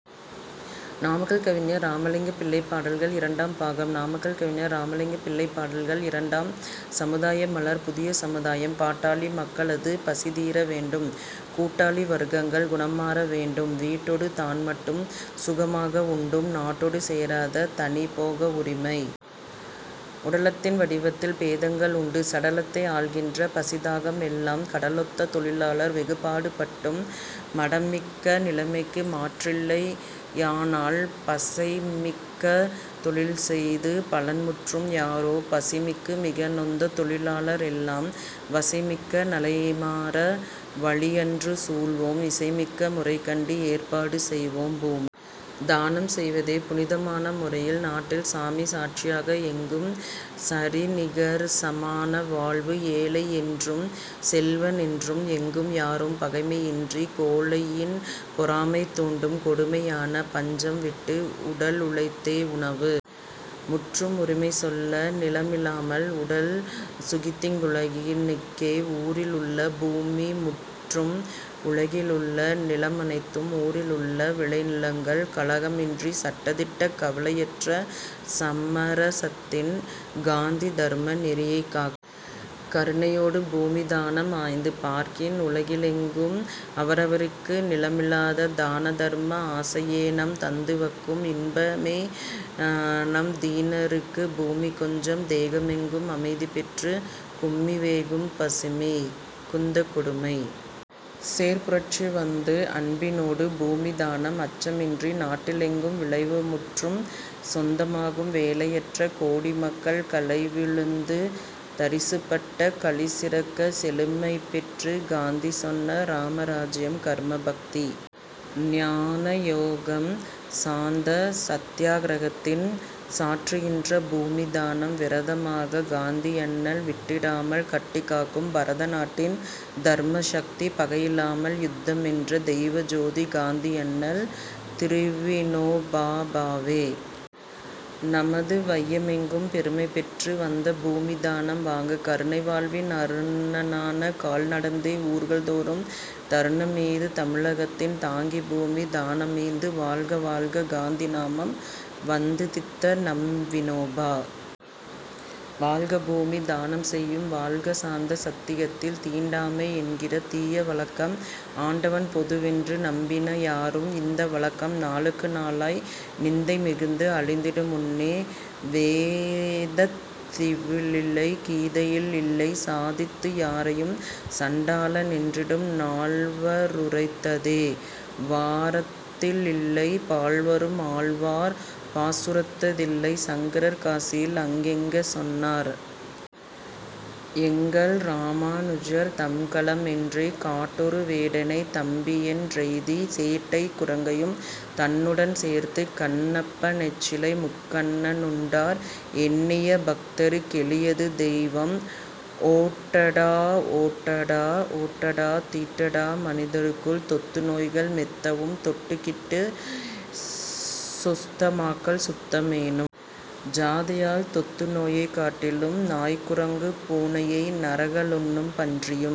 நாமக்கல் கவிஞர் இராமலிங்கம் பிள்ளை பாடல்கள் இரண்டாம் பாகம் நாமக்கல் கவிஞர் இராமலிங்கம் பிள்ளை பாடல்கள் இரண்டாம். சமுதாய மலர். புதிய சமுதாயம் பாட்டாளி மக்களது பசிதீர வேண்டும்; கூட்டாளி வர்க்கங்கள் குணம்மாற வேண்டும்; வீட்டொடு தான்மட்டும் சுகமாக உண்டும் நாட்டோடு சேராத தனிபோக உரிமை உடலத்தின் வடிவத்தில் பேதங்கள் உண்டு; சடலத்தை ஆள்கின்ற பசிதாகம் எல்லாம் கடலொத்த தொழிலாளர் வெகுபாடு பட்டும் மடமிக்க நிலைமைக்கு மாற்றில்லை யானால் பசைமிக்க தொழில்செய்து பலன்முற்றும் யாரோ பசிமிக்கு மிகநொந்த தொழிலாளர் எல்லாம் வசைமிக்க நிலைமாற வழியன்று சூழ்வோம் இசைமிக்க முறைகண்டு ஏற்பாடு செய்வோம் பூமி தானம் செய்வதே புனித மான முறையில் நாட்டின் சாமி சாட்சி யாக எங்கும் சரிநி கர்ச மான வாழ்வு ஏழை யென்றும் செல்வ னென்றும் எங்கும் யாரும் பகைமை யின்றிப் கோழை யின்பொ றாமை தூண்டும் கொடுமை யான பஞ்சம் விட்டுக் உடலு ழைத்தே உணவு முற்றும் உரிமை சொல்ல நிலமி லாமல் உடல் சுகித்திங் குலகி னுக்கே ஊரி லுள்ள பூமி முற்றும் உலகி லுள்ள நிலம னைத்தும் ஊரி லுள்ள விளைநி லங்கள் கலக மின்றிச் சட்ட திட்டக் கவலை யற்ற சமர சத்தின் காந்தி தர்ம நெறியைக் காக்கக் கருணை யோடு பூமி தானம் ஆய்ந்து பார்க்கின் உலகி லெங்கும் அவர வர்க்கு நிலமி லாத தான தர்ம ஆசை யேநம் தந்து வக்கும் இன்ப மேநம் தீன ருக்குப் பூமி கொஞ்சம் தேச மெங்கும் அமைதி பெற்றுத் கும்பி வேகும் பசிமி குந்த கொடுமை சேர்பு ரட்சி வந்து அன்பி னோடு பூமி தானம் அச்ச மின்றி நாட்டி லெங்கும் விளைவு முற்றும் சொந்த மாகும் வேலை யற்ற கோடி மக்கள் களைவி ழுந்து தரிசு பட்ட களிசி றக்கச் செழுமை பெற்றுக் காந்தி சொன்ன ராம ராஜ்யம் கர்ம, பக்தி, ஞான யோகம் சாந்த சத்தி யாக்ர கத்தின் சாற்று கின்ற பூமி தானம் விரத மாகக் காந்தி யண்ணல் விட்டி டாமல் கட்டிக் காக்கும் பரத நாட்டின் தர்ம சக்தி பகையி லாமல் யுத்த மென்ற தெய்வ ஜோதி காந்தி யண்ணல் திருவி னோபா பாவே நமது வைய மெங்கும் பெருமை பெற்ற வந்து பூமி தானம் வாங்க கருணை வாழ்வின் அருண னான கால் நடந்தே ஊர்கள் தோறும் தருண மீது தமிழ கத்தின் தாங்கிப் பூமி தான மீந்து வாழ்க வாழ்க காந்தி நாமம் வந்து தித்த நம்வி னோபா வாழ்க பூமி தானம் செய்யும் வாழ்க சாந்த சத்தியத்தில் தீண்டாமை என்கிற தீய வழக்கம் ஆண்டவன் பொதுவென்று நம்பின யாரும் இந்த வழக்கம் நாளுக்கு நாளாய் நிந்தை மிகுந்து அழிந்திடு முன்னே வேதத்தி லில்லை கீதையில் இல்லை சாதித்து யாரையும் சண்டாள னென்றிடும் நால்வ ருரைத்ததே வாரத்தி லில்லை பால்வரும் ஆழ்வார் பாசுரத் தில்லை சங்கரர் காசியில் அங்கென்ன சொன்னார்? எங்கள்ரா மானுஜர் தம்கல மென்றே காட்டொரு வேடனைத் தம்பியென் றெய்திக் சேட்டைக் குரங்கையும் தன்னுடன் சேர்த்துச் கண்ணப்ப னெச்சிலை முக்கண்ண னுண்டார்; எண்ணிய பக்தருக் கெளியது தெய்வம். ஓட்டடா! ஓட்டடா! ஓட்டடா! தீட்டடா மனிதருக்குள் தொத்து நோய்கள் மெத்தவும் தொட்டுக் கிட்டிச் சொஸ்தமாக்கல் சுத்த மேனும் ஜாதியால் தொத்து நோயைக் காட்டிலும் நாய்கு ரங்கு பூனையை நரக லுண்ணும் பன்றியும்